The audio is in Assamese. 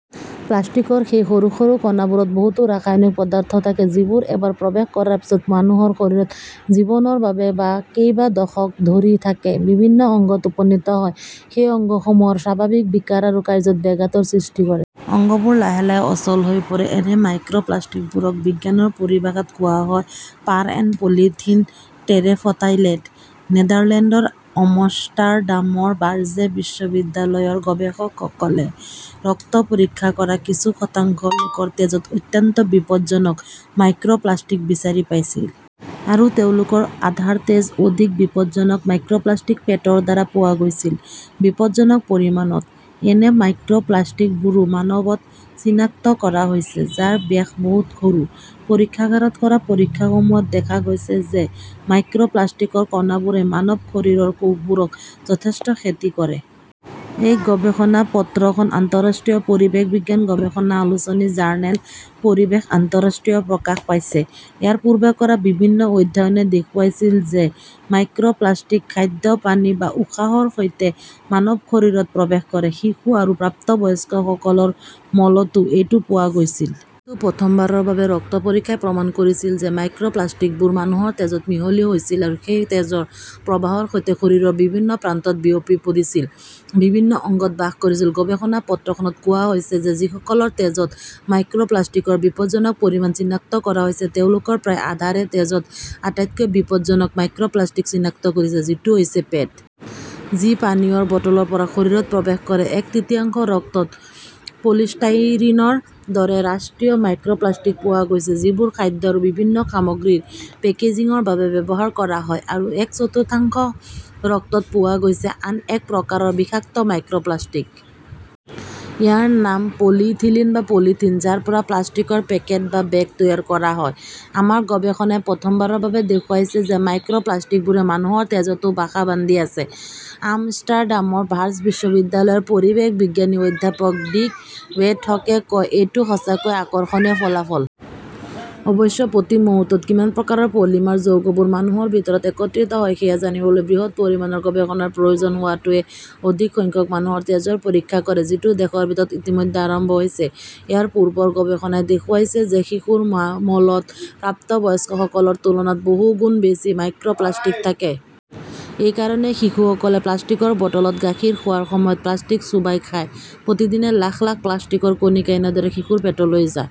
প্লাষ্টিকৰ সেই সৰু সৰু কণাবোৰত বহুতো ৰাসায়নিক পদাৰ্থ থাকে যিবোৰ এবাৰ প্ৰৱেশ কৰাৰ পিছত মানুহৰ শৰীৰত জীৱনৰ বাবে বা কেইবা দশক ধৰি থাকে। বিভিন্ন অংগত উপনীত হয়। সেই অংগসমূহৰ স্বাভাৱিক বিকাৰ আৰু কাৰ্য্যত ব্যাঘাতৰ সৃষ্টি কৰে। অংগবোৰ লাহে লাহে অচল হৈ পৰে। এনে মাইক্ৰপ্লাষ্টিকবোৰক বিজ্ঞানৰ পৰিভাষাত কোৱা হয় পাৰ এণ্ড পলিথিলিন টেৰেফথাইলেট। নেদাৰলেণ্ডৰ আমষ্টাৰডামৰ ভাৰ্জে বিশ্ববিদ্যালয়ৰ গৱেষকসকলে ৰক্ত পৰীক্ষা কৰা কিছু শতাংশ লোকৰ তেজত অত্যন্ত বিপজ্জনক মাইক্ৰপ্লাষ্টিক বিচাৰি পাইছিল। আৰু তেওঁলোকৰ আধাৰ তেজ অধিক বিপদজনক মাইক্ৰপ্লাষ্টিক‌ পেটৰ দ্বাৰা পোৱা গৈছিল। বিপদজনক পৰিমাণত। এনে মাইক্ৰপ্লাষ্টিকবোৰো মানৱত চিনাক্ত কৰা হৈছে, যাৰ ব্যাস বহুত সৰু। পৰীক্ষাগাৰত কৰা পৰীক্ষাসমূহত দেখা গৈছে যে মাইক্ৰপ্লাষ্টিকৰ কণাবোৰে মানৱ শৰীৰৰ কোষবোৰক যথেষ্ট ক্ষতি কৰে। এই গৱেষণা পত্ৰখন আন্তঃৰাষ্ট্ৰীয় পৰিৱেশ বিজ্ঞান গৱেষণা আলোচনী জাৰ্নেল পৰিৱেশ আন্তঃৰাষ্ট্ৰীয়ত প্ৰকাশ পাইছে। ইয়াৰ পূৰ্বে কৰা বিভিন্ন অধ্যয়নে দেখুৱাইছিল যে মাইক্ৰপ্লাষ্টিক খাদ্য, পানী বা উশাহৰ সৈতে মানৱ শৰীৰত প্ৰৱেশ কৰে। শিশু আৰু প্ৰাপ্তবয়স্কসকলৰ মলতো এইটো পোৱা গৈছিল। কিন্তু প্ৰথমবাৰৰ বাবে ৰক্ত পৰীক্ষাই প্ৰমাণ কৰিছিল যে মাইক্ৰোপ্লাস্টিকবোৰ মানুহৰ তেজত মিহলি হৈছিল আৰু সেই তেজৰ প্ৰবাহৰ সৈতে শৰীৰৰ বিভিন্ন প্ৰান্তত বিয়পি পৰিছিল, বিভিন্ন অংগত বাস কৰিছিল। গৱেষণা পত্ৰখনত কোৱা হৈছে যে যিসকলৰ তেজত মাইক্ৰপ্লাষ্টিকৰ বিপদজনক পৰিমাণ চিনাক্ত কৰা হৈছে, তেওঁলোকৰ প্ৰায় আধাৰে তেজত আটাইতকৈ বিপদজনক মাইক্ৰপ্লাষ্টিক চিনাক্ত কৰিছে, যিটো হৈছে পেট। যি পানীয়ৰ বটলৰ পৰা শৰীৰত প্ৰৱেশ কৰে। এক তৃতীয়াংশ ৰক্তত পলিষ্টাইৰিনৰ দৰে ৰাষ্ট্ৰীয় মাইক্ৰপ্লাষ্টিক পোৱা গৈছে। যিবোৰ খাদ্য আৰু বিভিন্ন সামগ্ৰীৰ পেকেজিংৰ বাবে ব্যৱহাৰ কৰা হয়। আৰু এক চতুৰ্থাংশ ৰক্তত পোৱা গৈছে আন এক প্ৰকাৰৰ বিষাক্ত মাইক্ৰপ্লাষ্টিক। ইয়াৰ নাম পলিইথিলিন বা‌ পলিথিন। যাৰ পৰা প্লাষ্টিকৰ পেকেট বা বেগ তৈয়াৰ কৰা হয়। আমাৰ গৱেষণাই প্ৰথমবাৰৰ বাবে দেখুৱাইছে যে মাইক্ৰপ্লাষ্টিকবোৰে মানুহৰ তেজতো বাসা বান্ধি আছে, আমষ্টাৰডামৰ ভাৰ্জ বিশ্ববিদ্যালয়ৰ পৰিৱেশ বিজ্ঞানী অধ্যাপক ডিক ৱেটহকে কয়, এইটো সঁচাকৈয়ে আকৰ্ষণীয় ফলাফল। অৱশ্যে, প্ৰতি মুহূৰ্তত কিমান প্ৰকাৰৰ পলিমাৰ যৌগবোৰ মানুহৰ ভিতৰত একত্ৰিত হয় সেয়া জানিবলৈ বৃহৎ পৰিমাণৰ গৱেষণাৰ প্ৰয়োজন হোৱাটোৱে অধিক সংখ্যক মানুহৰ তেজৰ পৰীক্ষা কৰে। যিটো দেশৰ ভিতৰত ইতিমধ্যে আৰম্ভ হৈছে। ইয়াৰ পূৰ্বৰ গৱেষণাই দেখুৱাইছে যে শিশুৰ মলত প্ৰাপ্তবয়স্কসকলৰ তুলনাত বহু গুণ বেছি মাইক্ৰপ্লাষ্টিক থাকে। এই কাৰণেই শিশুসকলে প্লাষ্টিকৰ বটলত গাখীৰ খোৱাৰ সময়ত প্লাষ্টিক চোবাই খায়। প্ৰতিদিনে লাখ লাখ প্লাষ্টিকৰ কণিকা এনেদৰে শিশুৰ পেটলৈ যায়।